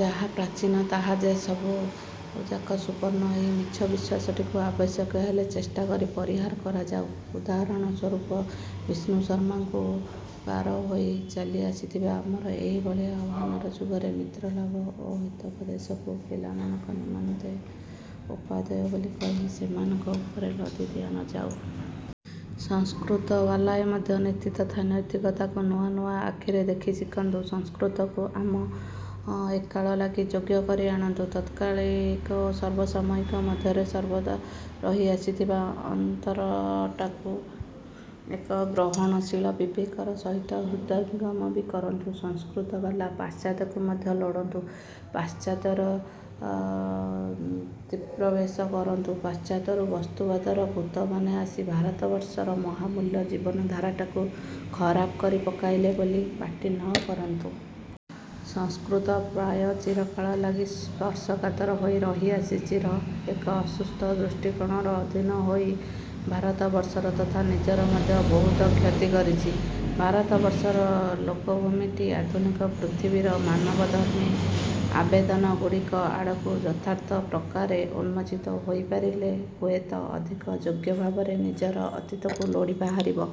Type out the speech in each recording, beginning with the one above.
ଯାହା ପ୍ରାଚୀନ ତାହା ଯେ ସବୁଯାକ ସୁବର୍ଣ୍ଣ, ଏହି ମିଛ ବିଶ୍ଵାସଟିକୁ ଆବଶ୍ୟକ ହେଲେ ଚେଷ୍ଟା କରି ପରିହାର କରାଯାଉ। ଉଦାହରଣ ସ୍ଵରୂପ ବିଷ୍ଣୁଶର୍ମାଙ୍କୁ ପାର ହୋଇ ଚାଲି ଆସିଥିବା ଆମର ଏହିଭଳି ଆହ୍ୱାନର ଯୁଗରେ ମିତ୍ର ଲାଭ ଏବଂ ହିତୋପଦେଶକୁ ପିଲାମାନଙ୍କ ନିମନ୍ତେ ଉପାଦେୟ ବୋଲି କହି ସେମାନଙ୍କ ଉପରେ ଲଦି ଦିଆନଯାଉ। ସଂସ୍କୃତବାଲାଏ ମଧ୍ୟ ନୀତି ତଥା ନୈତିକତାକୁ ନୂଆ ନୂଆ ଆଖିରେ ଦେଖି ଶିଖନ୍ତୁ। ସଂସ୍କୃତକୁ ଆମ ଏକାଳ ଲାଗି ଯୋଗ୍ୟ କରି ଆଣନ୍ତୁ। ତାତ୍କାଳିକ ଏବଂ ସର୍ବସାମୟିକ ମଧ୍ୟରେ ସର୍ବଦା ରହି ଆସିଥିବା ଅନ୍ତରଟାକୁ ଏକ ଗ୍ରହଣଶୀଳ ବିବେକର ସହିତ ହୃଦୟଙ୍ଗମ ବି କରନ୍ତୁ। ସଂସ୍କୃତବାଲା ପାଶ୍ଚାତ୍ୟକୁ ମଧ୍ୟ ଲୋଡ଼ନ୍ତୁ, ପାଶ୍ଚାତ୍ୟର ଚିତ୍ପ୍ରବେଶ କରନ୍ତୁ, ପାଶ୍ଚାତ୍ୟରୁ ବସ୍ତୁବାଦର ଭୂତମାନେ ଆସି ଭାରତବର୍ଷର ମହାମୂଲ୍ୟ ଜୀବନଧାରାଟାକୁ ଖରାପ କରି ପକାଇଲେ ବୋଲି ପାଟି ନକରନ୍ତୁ । ସଂସ୍କୃତ ପ୍ରାୟ ଚିରକାଳ ଭାରି ସ୍ପର୍ଶକାତର ହୋଇ ରହିଆସିଛି ର ଏକ ଅସୁସ୍ଥ ଦୃଷ୍ଟିକୋଣର ଅଧୀନ ହୋଇ ଭାରତବର୍ଷର ତଥା ନିଜର ମଧ୍ୟ ବହୁତ କ୍ଷତି କରିଛି। ଭାରତବର୍ଷର ଲୋକଭୂମିଟି ଆଧୁନିକ ପୃଥିବୀର ମାନବଧର୍ମୀ ଆବେଦନ ଗୁଡ଼ିକ ଆଡ଼କୁ ଯଥାର୍ଥ ପ୍ରକାରେ ଉନ୍ମୋଚିତ ହୋଇପାରିଲେ ହୁଏତ ଅଧିକ ଯୋଗ୍ୟ ଭାବରେ ନିଜର ଅତୀତକୁ ଲୋଡ଼ି ବାହାରିବ।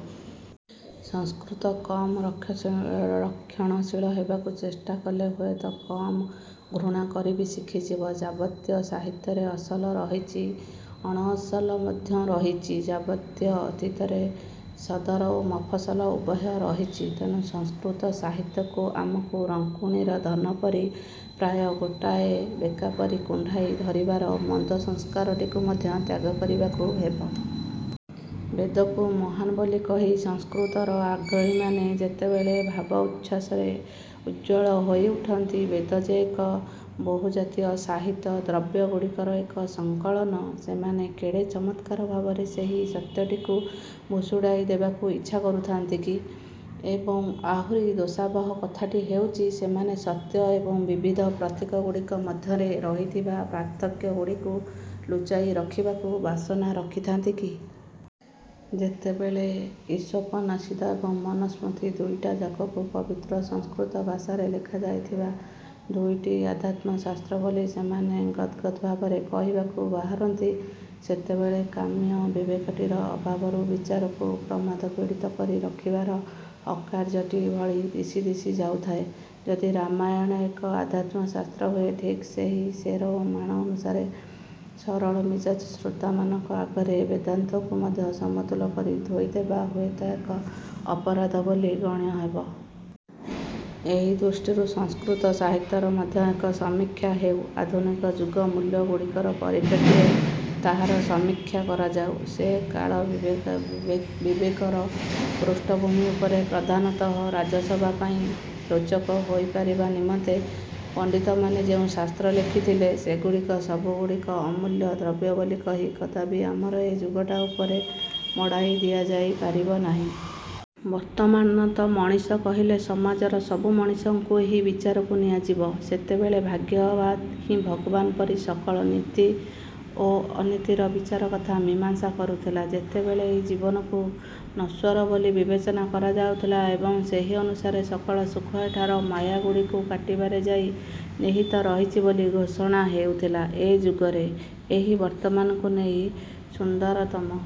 ସଂସ୍କୃତ କମ୍ ରକ୍ଷଣଶୀଳ ହେବାକୁ ଚେଷ୍ଟା କଲେ ହୁଏତ କମ୍ ଘୃଣା କରି ବି ଶିଖିଯିବ। ଯାବତୀୟ ସାହିତ୍ୟରେ ଅସଲ ରହିଛି, ଅଣଅସଲ ମଧ୍ୟ ରହିଛି, ଯାବତୀୟ ଅତୀତରେ ସଦର ଓ ମଫସଲ ଉଭୟ ରହିଛି। ତେଣୁ ସଂସ୍କୃତ ସାହିତ୍ୟକୁ ଆମକୁ ରଙ୍କୁଣୀର ଧନ ପରି ପ୍ରାୟ ଗୋଟାଏ ବେକା ପରି କୁଣ୍ଡାଇ ଧରିବାର ମନ୍ଦ ସଂସ୍କାରଟିକୁ ମଧ୍ୟ ତ୍ୟାଗ କରିବାକୁ ହେବ। ବେଦକୁ ମହାନ୍ ବୋଲି କହି ସଂସ୍କୃତର ଆଗ୍ରହୀମାନେ ଯେତେବେଳେ ଭାବଉଚ୍ଛ୍ୱାସରେ ଉଜ୍ଜ୍ୱଳ ହୋଇ ଉଠନ୍ତି, ବେଦ ଯେ ଏକ ବହୁଜାତୀୟ ସାହିତ୍ୟ ଦ୍ରବ୍ୟଗୁଡ଼ିକର ଏକ ସଂକଳନ, ସେମାନେ କେଡ଼େ ଚମତ୍କାର ଭାବରେ ସେହି ସତ୍ୟଟିକୁ ଭୁରୁଡ଼ାଇ ଦେବାକୁ ଇଚ୍ଛା କରୁଥାନ୍ତି କି? ଏବଂ ଆହୁରି ଦୋଷାବହ କଥାଟି ହେଉଛି, ସେମାନେ ସତ୍ୟ ଏବଂ ବିବିଧ ପ୍ରତୀକଗୁଡ଼ିକ ମଧ୍ୟରେ ରହିଥିବା ପାର୍ଥକ୍ୟଗୁଡ଼ିକୁ ଲୁଚାଇ ରଖିବାକୁ ବାସନା ରଖିଥାନ୍ତି କି? ଯେତେବେଳେ ଈଶୋପନିଷଦ ଏବଂ ମନୁସ୍ମୃତି ଦୁଇଟାଯାକକୁ ପବିତ୍ର ସଂସ୍କୃତ ଭାଷାରେ ଲେଖା ଯାଇଥିବା ଦୁଇଟି ଅଧ୍ୟାତ୍ମଶାସ୍ତ୍ର ବୋଲି ସେମାନେ ଗଦ୍ଗଦ୍ ଭାବରେ କହିବାକୁ ବାହାରନ୍ତି, ସେତେବେଳେ କାମ୍ୟ ବିବେକଟିର ଅଭାବରୁ ବିଚାରକୁ ପ୍ରମାଦପୀଡ଼ିତ କରି ରଖିବାର ଅକାର୍ଯ୍ୟଟି ଭରି ଦିଶି ଦିଶି ଯାଉଥାଏ। ଯଦି ରାମାୟଣ ଏକ ଅଧ୍ୟାତ୍ମଶାସ୍ତ୍ର ହୁଏ, ଠିକ୍ ସେହି ସେର ଓ ମାଣ ଅନୁସାରେ ସରଳମିଜାଜ ଶ୍ରୋତାମାନଙ୍କ ଆଗରେ ବେଦାନ୍ତକୁ ମଧ୍ୟ ସମତୁଲ କରି ଥୋଇଦେବା ହୁଏତ ଏକ ଅପରାଧ ବୋଲି ଗଣ୍ୟ ହେବ। ଏହି ଦୃଷ୍ଟିରୁ ସଂସ୍କୃତ ସାହିତ୍ୟର ମଧ୍ୟ ଏକ ସମୀକ୍ଷା ହେଉ। ଆଧୁନିକ ଯୁଗ ମୂଲ୍ୟ ଗୁଡ଼ିକର ପରିପ୍ରେକ୍ଷୀରେ ତାହାର ସମୀକ୍ଷା କରାଯାଉ। ସେ କାଳ ବିବେକର ପୃଷ୍ଠଭୂମି ଉପରେ ପ୍ରଧାନତଃ ରାଜସଭା ପାଇଁ ରୋଚକ ହୋଇପାରିବା ନିମନ୍ତେ ପଣ୍ଡିତମାନେ ଯେଉଁ ଶାସ୍ତ୍ର ଲେଖିଥଲେ, ସେଗୁଡ଼ିକୁ ସବୁଗୁଡ଼ିକୁ ଅମୂଲ୍ୟ ଦ୍ରବ୍ୟ ବୋଲି କହି କଦାପି ଆମର ଏ ଯୁଗଟା ଉପରେ ମଡ଼ାଇ ଦିଆଯାଇ ପାରିବ ନାହିଁ। ବର୍ତ୍ତମାନ ତ ମଣିଷ କହିଲେ ସମାଜର ସବୁ ମଣିଷଙ୍କୁ ହିଁ ବିଚାରକୁ ନିଆଯିବ। ସେତେବେଳେ ଭାଗ୍ୟବାଦ ହିଁ ଭଗବାନ ପରି ସକଳ ନୀତି ଓ ଅନୀତିର ବିଚାର ତଥା ମୀମାଂସା କରୁଥିଲା। ସେତେବେଳେ ଏହି ଜୀବନକୁ ନଶ୍ୱର ବୋଲି ବିବେଚନା କରାଯାଉଥିଲା ଏବଂ ସେହି ଅନୁସାରେ ସକଳ ସୁଖ ଏଠାର ମାୟାଗୁଡ଼ିକୁ କାଟିବାରେ ଯାଇ ନିହିତ ରହିଛି ବୋଲି ଘୋଷଣା ହେଉଥିଲା। ଏ ଯୁଗରେ, ଏହି ବର୍ତ୍ତମାନକୁ ନେଇ ସୁନ୍ଦରତମ